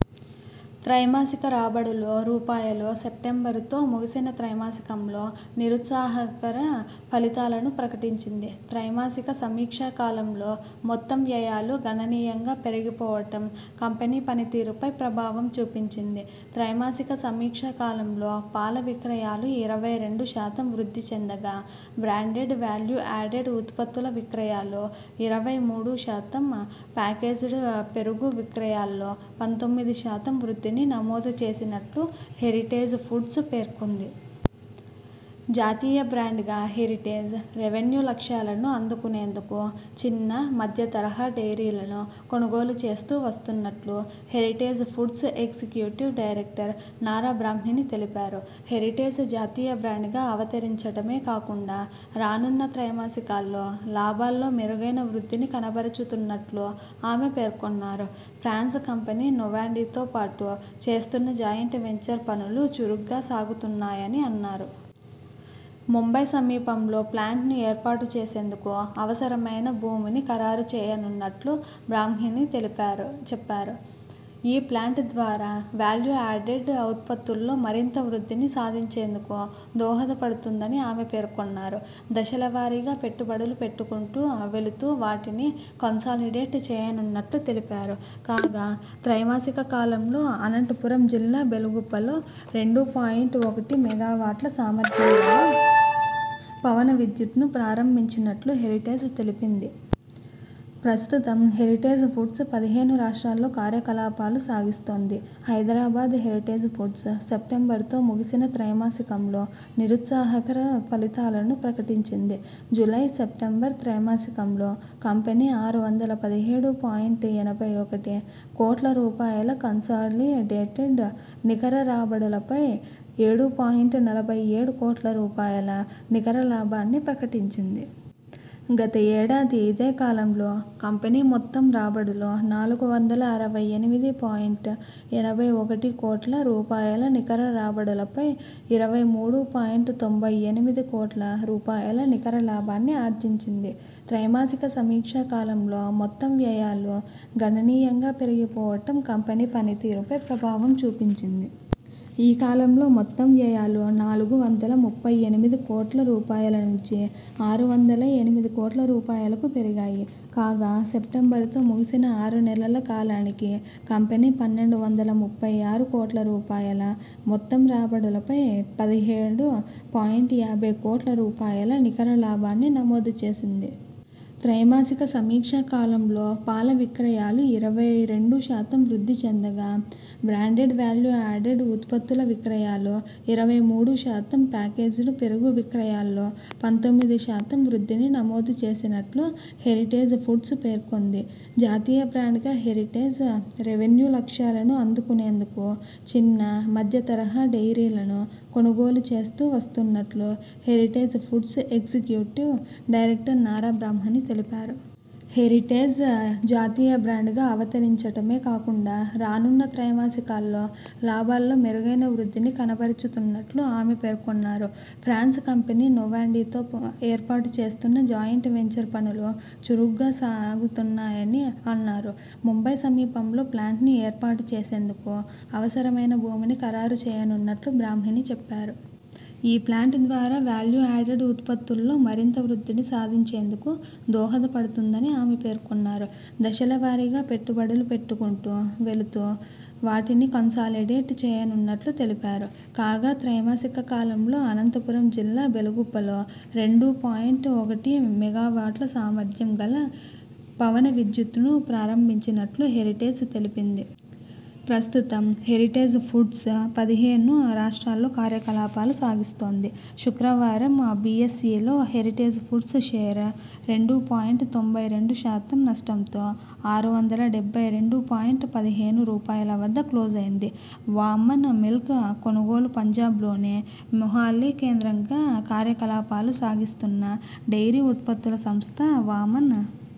త్రైమాసిక రాబడులు, రూపాయలు, సెప్టెంబరుతో ముగిసిన త్రైమాసికంలో నిరుత్సాహకర ఫలితాలను ప్రకటించింది. త్రైమాసిక సమీ క్షా కాలంలో మొత్తం వ్యయాలు గణనీయంగా పెరిగిపోవటం కంపెనీ పనితీరుపై ప్రభావం చూపించింది. త్రైమాసిక సమీక్షా కాలంలో పాల విక్రయాలు ఇరవై రెండు శాతం వృద్ధి చెందగా బ్రాండెడ్ వాల్యూ యాడెడ్ ఉత్పత్తుల విక్రయాలు ఇరవై మూడు శాతం, ప్యాకేజ్డ్ పెరుగు విక్రయాల్లో పంతొమ్మిది శాతం వృద్ధిని నమోదు చేసినట్లు హెరిటేజ్ ఫుడ్స్ పేర్కొంది. జాతీయ బ్రాండ్గా హెరిటేజ్.. రెవెన్యూ లక్ష్యాలను అందుకునేందుకు చిన్న, మధ్యతరహా డెయిరీలను కొనుగోలు చేస్తూ వస్తున్నట్లు Heritage Foods executive director Nara Brahmani తెలిపారు. హెరిటేజ్ జాతీయ బ్రాండ్గా అవతరించటమే కాకుండా రానున్న త్రైమాసికాల్లో లాభాల్లో మెరుగైన వృద్ధిని కనబరచనున్నట్లు ఆమె పేర్కొన్నారు. ఫ్రాన్స్ కంపెనీ నొవాండీతో ఏర్పాటు చేస్తున్న జాయింట్ వెంచర్ పనులు చురుగ్గా సాగుతున్నాయని అన్నారు. ముంబై సమీపంలో ప్లాంట్ను ఏర్పాటు చేసేందుకు అవసరమైన భూమిని ఖరారు చేయనున్నట్లు బ్రాహ్మణి చెప్పారు. ఈ ప్లాంట్ ద్వారా వాల్యూ యాడెడ్ ఉత్పత్తుల్లో మరింత వృద్ధిని సాధించేందుకు దోహదపడుతుందని ఆమె పేర్కొన్నారు. దశలవారీగా పెట్టుబడులు పెట్టుకుంటూ వెళుతూ వాటిని కన్సాలిడేట్ చేయనున్నట్లు తెలిపారు. కాగా త్రైమాసిక కాలంలో అనంతపురం జిల్లా బెలుగుప్పలో రెండు పాయింట్ ఒకటి మెగావాట్ల సామర్థ్యం గల పవన విద్యుత్ను ప్రారంభించినట్లు హెరిటేజ్ తెలిపింది. ప్రస్తుతం హెరిటేజ్ ఫుడ్స్ పదిహేను రాష్ట్రాల్లో కార్యకలాపాలు సాగిస్తోంది. హైదరాబాద్ హెరిటేజ్ ఫుడ్స్.. సెప్టెంబరుతో ముగిసిన త్రైమాసికంలో నిరుత్సాహకర ఫలితాలను ప్రకటించింది. జూలై-సెప్టెంబరు త్రైమాసికంలో కంపెనీ ఆరు వందల పదిహేడు పాయింట్ ఎనభై ఒకటి కోట్ల రూపాయల కన్సాలిడేటెడ్ నికర రాబడులపై ఏడు పాయింట్ నలభై ఏడు కోట్ల రూపాయల నికర లా భాన్ని ప్రకటించింది. గత ఏడాది ఇదేకాలంలో కంపెనీ మొత్తం రాబడులు నాలుగు వందల అరవై ఎనిమిది పాయింట్ ఎనభై ఒకటి కోట్ల రూపాయల నికర రాబడులపై ఇరవై మూడు పాయింట్ తొంభై ఎనిమిది కోట్ల రూపాయల నికర లాభాన్ని ఆర్జించింది. త్రైమాసిక సమీ క్షా కాలంలో మొత్తం వ్యయాలు గణనీయంగా పెరిగిపోవటం కంపెనీ పనితీరుపై ప్రభావం చూపించింది. ఈ కాలంలో మొత్తం వ్యయాలు నాలుగు వందల ముప్పై ఎనిమిది కోట్ల రూపాయల నుంచి ఆరు వందల ఎనిమిది కోట్ల రూపాయలకు పెరిగిపోయాయి. కాగా సెప్టెంబరుతో ముగిసిన ఆరు నెలల కాలానికి కంపెనీ పన్నెండు వందల ముప్పై ఆరు కోట్ల రూపాయల మొత్తం రాబడులపై పదిహేడు పాయింట్ యాభై కోట్ల రూపాయల నికర లాభాన్ని నమోదు చేసింది. త్రైమాసిక సమీక్షా కాలంలో పాల విక్రయాలు ఇరవై రెండు శాతం వృద్ధి చెందగా బ్రాండెడ్ వాల్యూ యాడెడ్ ఉత్పత్తుల విక్రయాలు ఇరవై మూడు శాతం, ప్యాకేజ్డ్ పెరుగు విక్రయాల్లో పంతొమ్మిది శాతం వృద్ధిని నమోదు చేసినట్లు హెరిటేజ్ ఫుడ్స్ పేర్కొంది. జాతీయ బ్రాండ్గా హెరిటేజ్.. రెవెన్యూ లక్ష్యాలను అందుకునేందుకు చిన్న, మధ్యతరహా డెయిరీలను కొనుగోలు చేస్తూ వస్తున్నట్లు Heritage Foods executive director Nara Brahmani తెలిపారు. హెరిటేజ్ జాతీయ బ్రాండ్గా అవతరించటమే కాకుండా రానున్న త్రైమాసికాల్లో లాభాల్లో మెరుగైన వృద్ధిని కనబరచనున్నట్లు ఆమె పేర్కొన్నారు. ఫ్రాన్స్ కంపెనీ నొవాండీతో ఏర్పాటు చేస్తున్న జాయింట్ వెంచర్ పనులు చురుగ్గా సాగుతున్నాయని అన్నారు. ముంబై సమీపంలో ప్లాంట్ను ఏర్పాటు చేసేందుకు అవసరమైన భూమిని ఖరారు చేయనున్నట్లు బ్రాహ్మణి చెప్పారు. ఈ ప్లాంట్ ద్వారా వాల్యూ యాడెడ్ ఉత్పత్తుల్లో మరింత వృద్ధిని సాధించేందుకు దోహదపడుతుందని ఆమె పేర్కొన్నారు. దశలవారీగా పెట్టుబడులు పెట్టుకుంటూ వెళుతూ వాటిని కన్సాలిడేట్ చేయనున్నట్లు తెలిపారు. కాగా త్రైమాసిక కాలంలో అనంతపురం జిల్లా బెలుగుప్పలో రెండు పాయింట్ ఒకటి మెగావాట్ల సామర్థ్యం గల పవన విద్యుత్ను ప్రారంభించినట్లు హెరిటేజ్ తెలిపింది. ప్రస్తుతం హెరిటేజ్ ఫుడ్స్ పదిహేను రాష్ట్రాల్లో కార్యకలాపాలు సాగిస్తోంది. శుక్రవారం బిఎ్సఇలో హెరిటేజ్ ఫుడ్స్ షేరు రెండు పాయింట్ తొంభై రెండు శాతం నష్టంతో ఆరు వందల డెబ్బై రెండు పాయింట్ పదిహేను రూపాయల వద్ద క్లోజైంది. వామన్ మిల్క్ కొనుగోలుపంజాబ్లోని మొహాలీ కేంద్రంగా కార్యకలాపాలు సాగిస్తున్న డెయిరీ ఉత్పత్తుల సంస్థ వామన్.